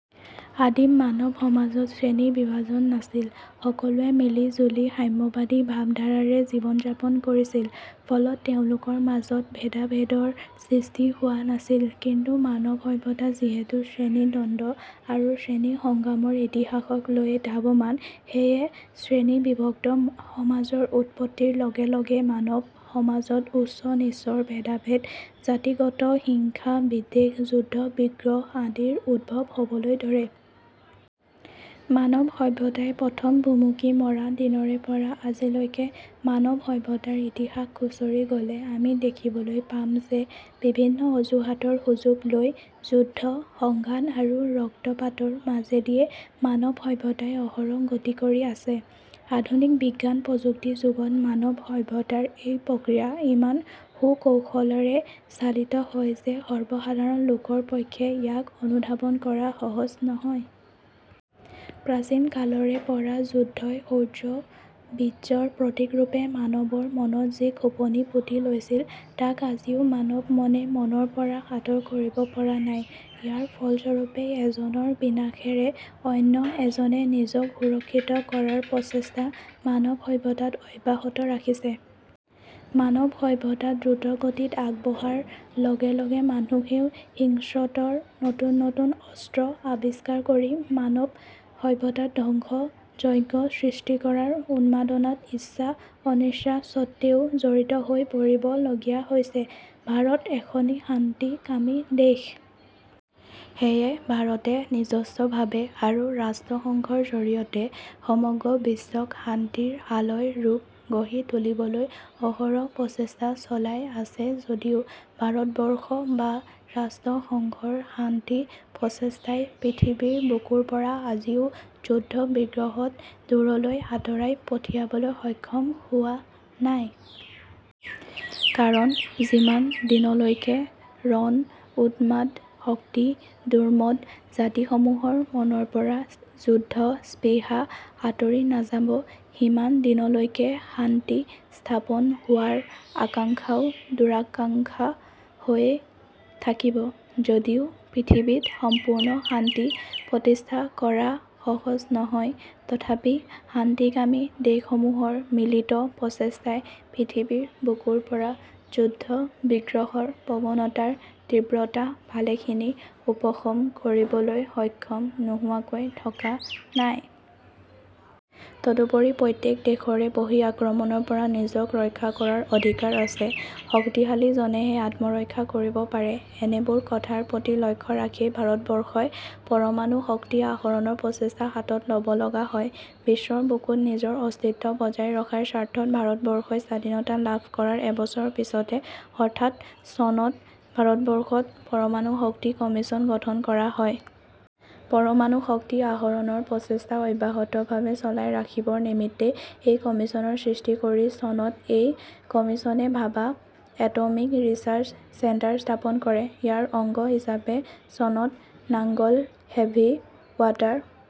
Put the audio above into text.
আদিম মানৱ-সমাজত শ্ৰেণী বিভাজন নাছিল। সকলোৱে মিলি জুলি সাম্যবাদী ভাৱধাৰাৰে জীৱন-যাপন কৰিছিল। ফলত তেওঁলোকৰ মাজত ভেদাভেদৰ সৃষ্টি হোৱা নাছিল। কিন্তু মানৱ-সভ্যতা যিহেতু শ্ৰেণী দ্বন্দ্ব আৰু শ্ৰেণী সংগ্ৰামৰ ইতিহাসক লৈয়ে ধাৱমান, সেয়ে শ্ৰেণী বিভক্ত সমাজৰ উৎপত্তিৰ লগে লগে মাৱন সমাজত উচ্চ-নীচৰ ভেদাভেদ, জাতিগত হিংসা-দ্বেষ, যুদ্ধ-বিগ্ৰহ আদিৰ উদ্ভৱ হ'বলৈ ধৰে। মানৱ-সভ্যতাই প্ৰথম ভুমুকি মৰা দিনৰেপৰা আজিলৈকে মানৱ সভ্যতাৰ ইতিহাস খুঁচৰি গ'লে আমি দেখিবলৈ পাম যে বিভিন্ন অজুহাতৰ সুযোগ লৈ যুদ্ধ, সংঘাত আৰু ৰক্তপাতৰ মাজেদিয়েই মানৱ সভ্যতাই অহৰহ গতি কৰি আছে। আধুনিক বিজ্ঞান প্ৰযুক্তি যুগত মানৱ সভ্যতাৰ এই প্ৰক্ৰিয়া ইমান সুকৌশলেৰে চালিত হয় যে সৰ্বসাধাৰণ লোকৰ পক্ষে ইয়াক অনুধাৱন কৰা সহজ নহয়। প্ৰাচীন কালৰেপৰা যুদ্ধই শৌৰ্য-বীৰ্যৰ প্ৰতীক ৰূপে মানৱৰ মনত যি খোপনি পুতি লৈছিল তাক আজিও মানৱমনে মনৰপৰা আঁতৰ কৰিব পৰা নাই। ইয়াৰ ফলস্বৰূপেই এজনৰ বিনাশেৰে অন্য এজনে নিজক সুৰিক্ষিত কৰাৰ প্ৰচেষ্টা মানৱ সভ্যতাত অব্যাহত ৰাখিছে। মানৱ সভ্যতা দ্ৰুত গতিত আগবঢ়াৰ লগে লগে মানুহেও হিংস্ৰতৰ নতুন নতুন অস্ত্ৰ আৱিষ্কাৰ কৰি মানৱ সভ্যতাত ধ্বংস যজ্ঞ সৃষ্টি কৰাৰ উন্মাদনাত ইচ্ছা অনিচ্ছা সত্ত্বেও জড়িত হৈ পৰিব লগীয়া হৈছে। ভাৰত এখনি শান্তিকামী দেশ। সেয়ে ভাৰতে নিজস্বভাৱে আৰু ৰাষ্ট্ৰসংঘৰ জৰিয়তে সমগ্ৰ বিশ্বক শান্তিৰ আলয় ৰূপ গঢ়ি তুলিবলৈ অহৰহ প্ৰচেষ্টা চলাই আছে যদিও ভাৰতবৰ্ষ বা ৰাষ্ট্ৰসংঘৰ শান্তি প্ৰচেষ্টাই পৃথিৱীৰ বুকুৰপৰা আজিও যুদ্ধ-বিগ্ৰহত দূৰলৈ আঁতৰাই পঠিয়াবলৈ সক্ষম হোৱা নাই। কাৰণ যিমান দিনলৈকে ৰণ-উন্মাদ, শক্তি-দুৰ্মদ জাতিসমূহৰ মনৰপৰা যুদ্ধ-স্পৃহা আঁতৰি নাযাব সিমান দিনলৈকে শান্তি স্থাপন হোৱাৰ আকাংক্ষাও দূৰাকাংক্ষা হৈয়েই থাকিব। যদিও পৃথিৱীত সম্পূৰ্ণ শান্তি প্ৰতিষ্ঠা কৰা সহজ নহয় তথাপি শান্তিকামী দেশসমূহৰ মিলিত প্ৰচেষ্টাই পৃথিৱীৰ বুকুৰপৰা যুদ্ধ-বিগ্ৰহৰ প্ৰৱণতাৰ তীব্ৰতা ভালেখিনি উপশম কৰিবলৈ সক্ষম নোহোৱাকৈ থকা নাই। তদুপৰি প্ৰত্যেক, দেশৰে বহিঃআক্ৰমণৰপৰা নিজক ৰক্ষা কৰাৰ অধিকাৰ আছে। শক্তিশালী জনেহে আত্মৰক্ষা কৰিব পাৰে। এনেবোৰ কথাৰ প্ৰতি লক্ষ্য ৰাখিয়েই ভাৰতবৰ্ষই পৰমাণু শক্তি আহৰণৰ প্ৰচেষ্টা হাতত ল'ব লগা হয়। বিশ্বৰ বুকুত নিজৰ অস্তিত্ব বজাই ৰখাৰ স্বাৰ্থত ভাৰতবৰ্ষই স্বাধীনতা লাভ কৰাৰ এবছৰ পিছতে অৰ্থাৎ চনত ভাৰতবৰ্ষত পৰমাণু শক্তি কমিচন গঠন কৰা হয়। পৰমাণু শক্তি আহৰণৰ প্ৰচেষ্টা অব্যাহতভাৱে চলাই ৰাখিবৰ নিমিত্তেই এই কমিচনৰ সৃষ্টি কৰি চনত এই কমিচনে ভাবা এটমিক ৰিছাৰ্চ চেণ্টাৰ স্থাপন কৰে। ইয়াৰ অঙ্গ হিচাপে চনত নাঙ্গল হেভী ওৱাটাৰ